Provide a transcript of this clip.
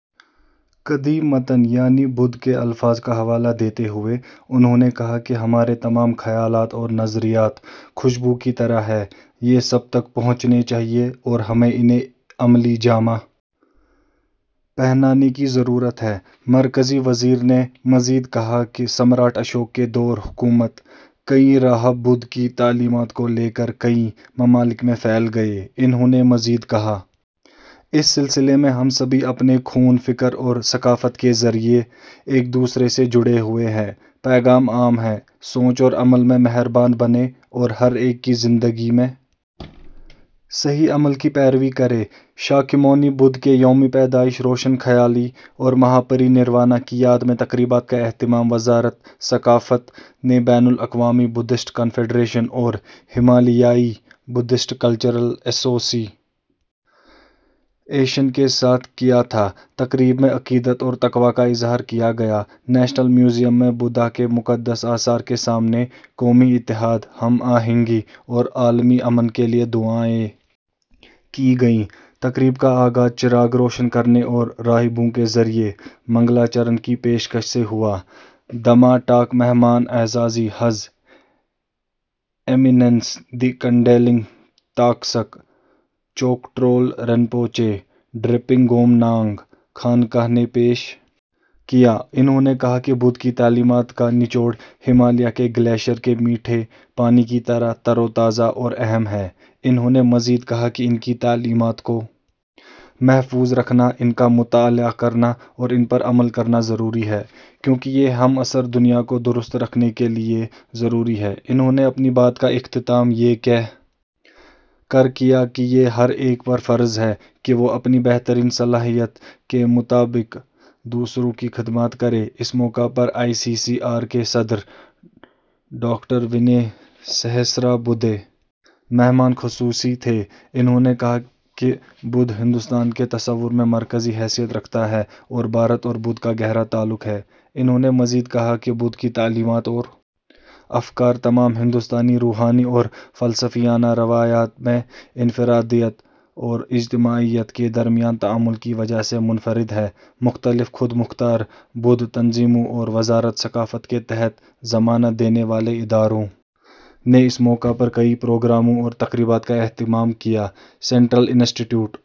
قدیم متن یعنی بدھ کے الفاظ کا حوالہ دیتے ہوئے انہوں نے کہا کہ ہمارے تمام خیالات اور نظریات خوشبو کی طرح ہیں یہ سب تک پہنچنے چاہئیں اور ہمیں انہیں عملی جامہ پہنانے کی ضرورت ہے مرکزی وزیر نے مزید کہا کہ سمراٹ اشوک کے دور حکومت میں کئی راہب بدھ کی تعلیمات کو لے کر کئی ممالک میں پھیل گئے انہوں نے مزید کہا اس سلسلے میں ہم سبھی اپنے خون فکر اور ثقافت کے ذریعہ ایک دوسرے سے جڑے ہوئے ہیں پیغام عام ہے سوچ اور عمل میں مہربان بنیں اور ہر ایک کی زندگی میں صحیح عمل کی پیروی کریں شاکیمونی بدھ کے یوم پیدائش روشن خیالی اور مہاپری نروانا کی یاد میں تقریبات کا اہتمام وزارت ثقافت نے بین الاقوامی بدھسٹ کنفیڈریشن اور ہمالیائی بدھسٹ کلچرل ایسوسی ایشن کے ساتھ کیا تھا تقریب میں عقیدت اور تقویٰ کا اظہار کیا گیا نیشنل میوزیم میں بدھا کے مقدس آثار کے سامنے قومی اتحاد ہم آہنگی اور عالمی امن کے لیے دعائیں کی گئیں تقریب کا آغاز چراغ روشن کرنے اور راہبوں کے ذریعہ منگلاچرن کی پیشکش سے ہوا دھما ٹاک مہمان اعزازی His Eminence the Kundeling Taktsak Choktrul Rinpoche Drepung Gomang خانقاہ نے پیش کیا انہوں نے کہا کہ بدھ کی تعلیمات کا نچوڑ ہمالیہ کے گلیشیئر کے میٹھے پانی کی طرح تر و تازہ اور اہم ہے انہوں نے مزید کہا کہ ان کی تعلیمات کو محفوظ رکھنا ان کا مطالعہ کرنا اور ان پر عمل کرنا ضروری ہے کیونکہ یہ ہم عصر دنیا کو درست رکھنے کے لیے ضروری ہے انہوں نے اپنی بات کا اختتام یہ کہہ کر کیا کہ یہ ہر ایک پر فرض ہے کہ وہ اپنی بہترین صلاحیت کے مطابق دوسروں کی خدمت کرے اس موقع پر آئی سی سی آر کے صدر ڈاکٹر ونے سہسرا بدھے مہمان خصوصی تھے انہوں نے کہا کہ بدھ ہندوستان کے تصور میں مرکزی حیثیت رکھتا ہے اور بھارت اور بدھ کا گہرا تعلق ہے انہوں نے مزید کہا کہ بدھ کی تعلیمات اور افکار تمام ہندوستانی روحانی اور فلسفیانہ روایات میں انفرادیت اور اجتماعیت کے درمیان تعامل کی وجہ سے منفرد ہیں مختلف خود مختار بدھ تنظیموں اور وزارت ثقافت کے تحت ضمانت دینے والے اداروں نے اس موقع پر کئی پروگراموں اور تقریبات کا اہتمام کیا سینٹرل انسٹی ٹیوٹ